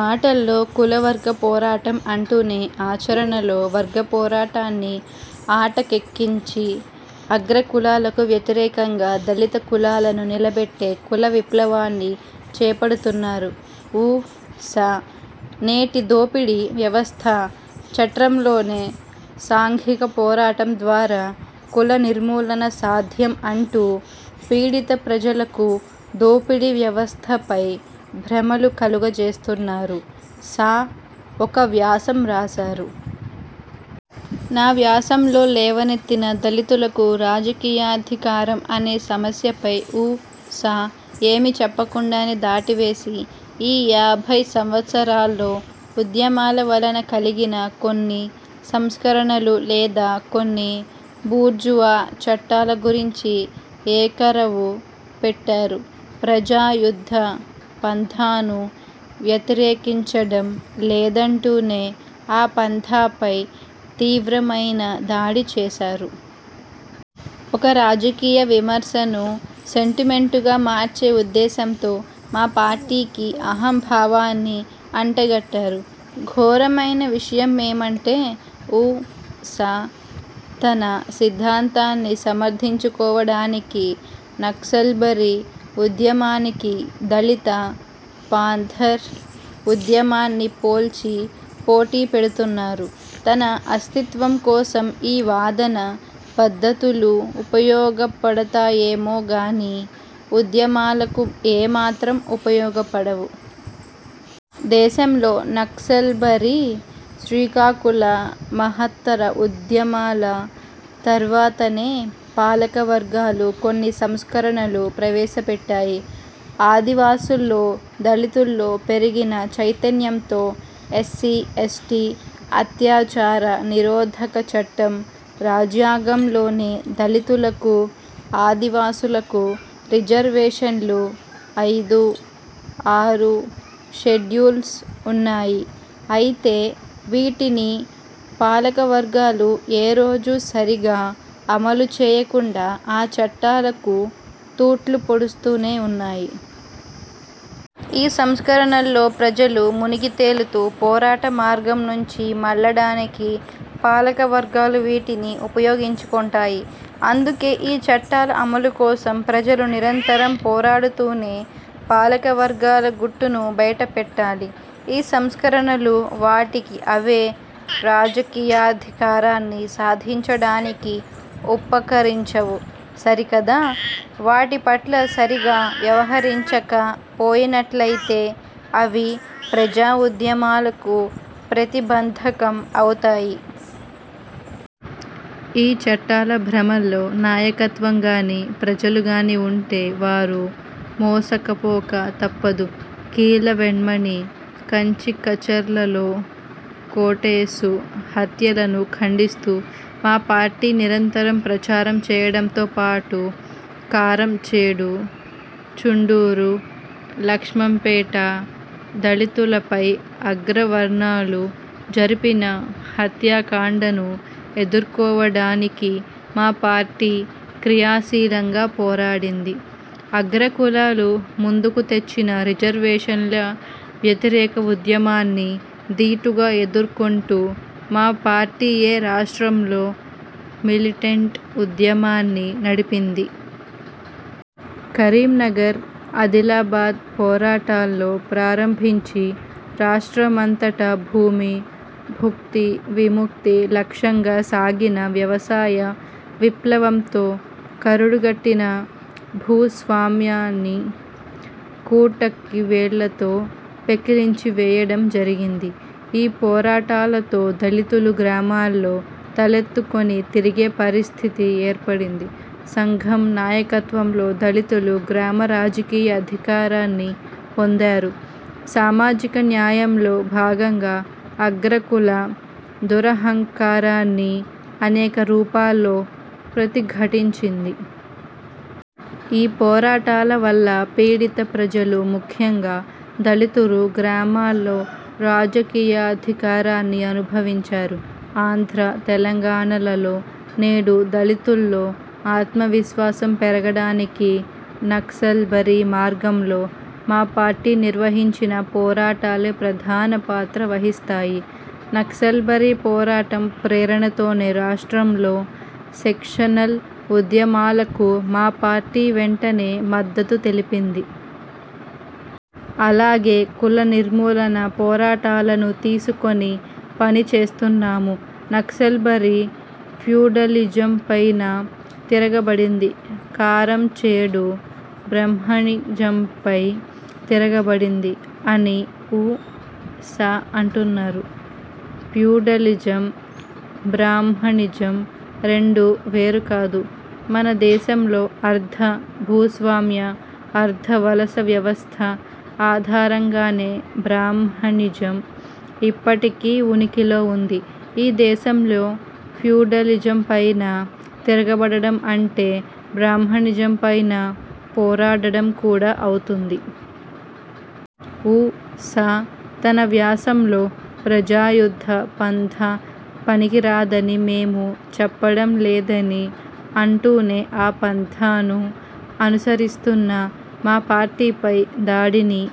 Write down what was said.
మాటల్లో కుల-వర్గ పోరాటం అంటూనే ఆచరణలో వర్గ పోరాటాన్ని ఆటకెక్కించి అగ్రకులాలకు వ్యతిరేకంగా దళిత కులాలను నిలబెట్టే కుల విప్లవాన్ని చేపడుతున్నారు ఉ. సా. నేటి దోపిడీ వ్యవస్థ చట్రంలోనే సాంఘికపోరాటం ద్వారా కులనిర్మూలన సాధ్యం అంటూ పీడితప్రజలకు దోపిడీవ్యవస్థపై భ్రమలు కలుగజేస్తున్నారు. సా ఒక వ్యాసం రాసారు. నా వ్యాసంలో లేవనెత్తిన 'దళితులకు రాజకీయాధికారం' అనే సమస్యపై ఉ. సా ఏమి చెప్పకుండానే, దాటవేసి ఈ యాభై సంవత్సరాల్లో ఉద్యమాల వలన కలిగిన కొన్ని సంస్కరణలు లేదా కొన్ని బూర్జువా చట్టాల గురించి ఏకరవు పెట్టారు. ప్రజా యుద్ధ పంథాను వ్యతిరేకించడం లేదంటూనే, ఆ పంథాపై తీవ్రమైన దాడి చేసారు. ఒక రాజకీయ విమర్శను సెంటిమెంటుగా మార్చే ఉద్దేశంతో మా పార్టీకి అహంభావాన్ని అంటగట్టారు. ఘోరమైన విషయమేమంటే, ఉ. సా తన సిద్ధాంతాన్ని సమర్థించుకోవడానికి నక్సల్బరీ ఉద్యమానికీ, దళిత పాంథర్ ఉద్యమాన్ని పోల్చి పోటీ పెడుతున్నారు. తన అస్తిత్వం కోసం ఈ వాదన పద్ధతులు ఉపయోగపడతాయేమో గానీ ఉద్యమాలకు ఏమాత్రం ఉపయోగపడవు. దేశంలో నక్సల్బరీ, శ్రీకాకుళ మహత్తర ఉద్యమాల తర్వాతనే పాలకవర్గాలు కొన్ని సంస్కరణలు ప్రవేశపెట్టాయి. ఆదివాసుల్లో, దళితుల్లో పెరిగిన చైతన్యంతో 'ఎస్సీ, ఎస్టీ, అత్యాచార నిరోధక చట్టం' రాజ్యాంగంలోనే దళితులకు, ఆదివాసులకు రిజర్వేషన్లు, ఐదు, ఆరు షెడ్యూల్స్ ఉన్నాయి. అయితే వీటిని పాలకవర్గాలు ఏ రోజూ సరిగా అమలు చేయకుండా ఆ చట్టాలకు తూట్లు పొడుస్తూనే ఉన్నాయి. ఈ సంస్కరణల్లో ప్రజలు మునిగి తేలుతూ పోరాట మార్గం నుంచి మళ్ళడానికి పాలకవర్గాలు వీటిని ఉపయోగించుకొంటాయి. అందుకే ఈ చట్టాల అమలుకోసం ప్రజలు నిరంతరం పోరాడుతూనే పాలకవర్గాల గుట్టును బయటపెట్టాలి. ఈ సంస్కరణలు వాటికి అవే రాజకీయాధికారాన్ని సాధించడానికి ఉపకరించవు సరికదా, వాటిపట్ల సరిగా వ్యవహరించక పోయినట్లయితే అవి ప్రజా ఉద్యమాలకు ప్రతిబంధకం అవుతాయి. ఈ చట్టాల భ్రమల్లో నాయకత్వంగానీ, ప్రజలుగానీ ఉంటే వారు మోసకపోక తప్పదు. కీలవెన్మణి, కంచికచర్లలో కోటేశు హత్యలను ఖండిస్తూ మా పార్టీ నిరంతరం ప్రచారం చేయడంతో పాటు కారంచేడు, చుండూరు, లక్ష్మింపేట దళితులపై అగ్రవర్ణాలు జరిపిన హత్యాకాండను ఎదుర్కోవడానికి మా పార్టీ క్రియాశీలంగా పోరాడింది. అగ్రకులాలు ముందుకు తెచ్చిన రిజర్వేషన్ల వ్యతిరేక ఉద్యమాన్ని దీటుగా ఎదుర్కొంటూ మా పార్టీయే రాష్ట్రంలో మిలిటెంట్ ఉద్యమాన్ని నడిపింది. కరీంనగర్ ఆదిలాబాద్ పోరాటాల్లో ప్రారంభించి రాష్ట్రమంతటా భూమి, భుక్తి, విముక్తి లక్ష్యంగా సాగిన వ్యవసాయ విప్లవంతో కరుడుగట్టిన భూస్వామ్యాన్ని కూటకి వేళ్ళతో పెకిలించి వేయడం జరిగింది. ఈ పోరాటాలతో దళితులు గ్రామాల్లో తలెత్తుకొని తిరిగే పరిస్థితి ఏర్పడింది. సంఘం నాయకత్వంలో దళితులు గ్రామ రాజకీయ అధికారాన్ని పొందారు. సామాజిక న్యాయంలో భాగంగా అగ్రకుల దురహంకారాన్ని అనేక రూపాల్లో ప్రతిఘటించింది. ఈ పోరాటాల వల్ల పీడిత ప్రజలు ముఖ్యంగా దళితులు గ్రామాల్లో రాజకీయాధికారాన్ని అనుభవించారు. ఆంధ్ర, తెలంగాణలలో నేడు దళితుల్లో ఆత్మవిశ్వాసం పెరగడానికి నక్సల్బరీ మార్గంలో మా పార్టీ నిర్వహించిన పోరాటాలే ప్రధానపాత్ర వహిస్తాయి. నక్సల్బరీ పోరాటం ప్రేరణతోనే రాష్ట్రంలో సెక్షనల్ ఉద్యమాలకు మా పార్టీ వెంటనే మద్దతు తెలిపింది. అలాగే కులనిర్మూలన పోరాటాలను తీసుకొని పనిచేస్తున్నాము. 'నక్సల్బరీ ఫ్యూడలిజంపైన తిరగబడింది. కారంచేడు బ్రాహ్మణిజంపై తిరగబడింది' అని ఉ. సా అంటున్నారు. ఫ్యూడలిజం, బ్రాహ్మణిజం రెండు వేరుకాదు. మన దేశంలో అర్ధ భూస్వామ్య, అర్ధ వలస వ్యవస్థ ఆధారంగానే బ్రాహ్మణిజం ఇప్పటికీ ఉనికిలో ఉంది. ఈ దేశంలో ఫ్యూడలిజంపైన తిరగబడటం అంటే బ్రాహ్మణిజంపైన పోరాడడం కూడా అవుతుంది. ఉ. సా తన వ్యాసంలో 'ప్రజాయుద్ధ పంథా పనికిరాదని మేము చెప్పడంలేదని' అంటూనే ఆ పంథాను అనుసరిస్తున్న మా పార్టీపై దాడిని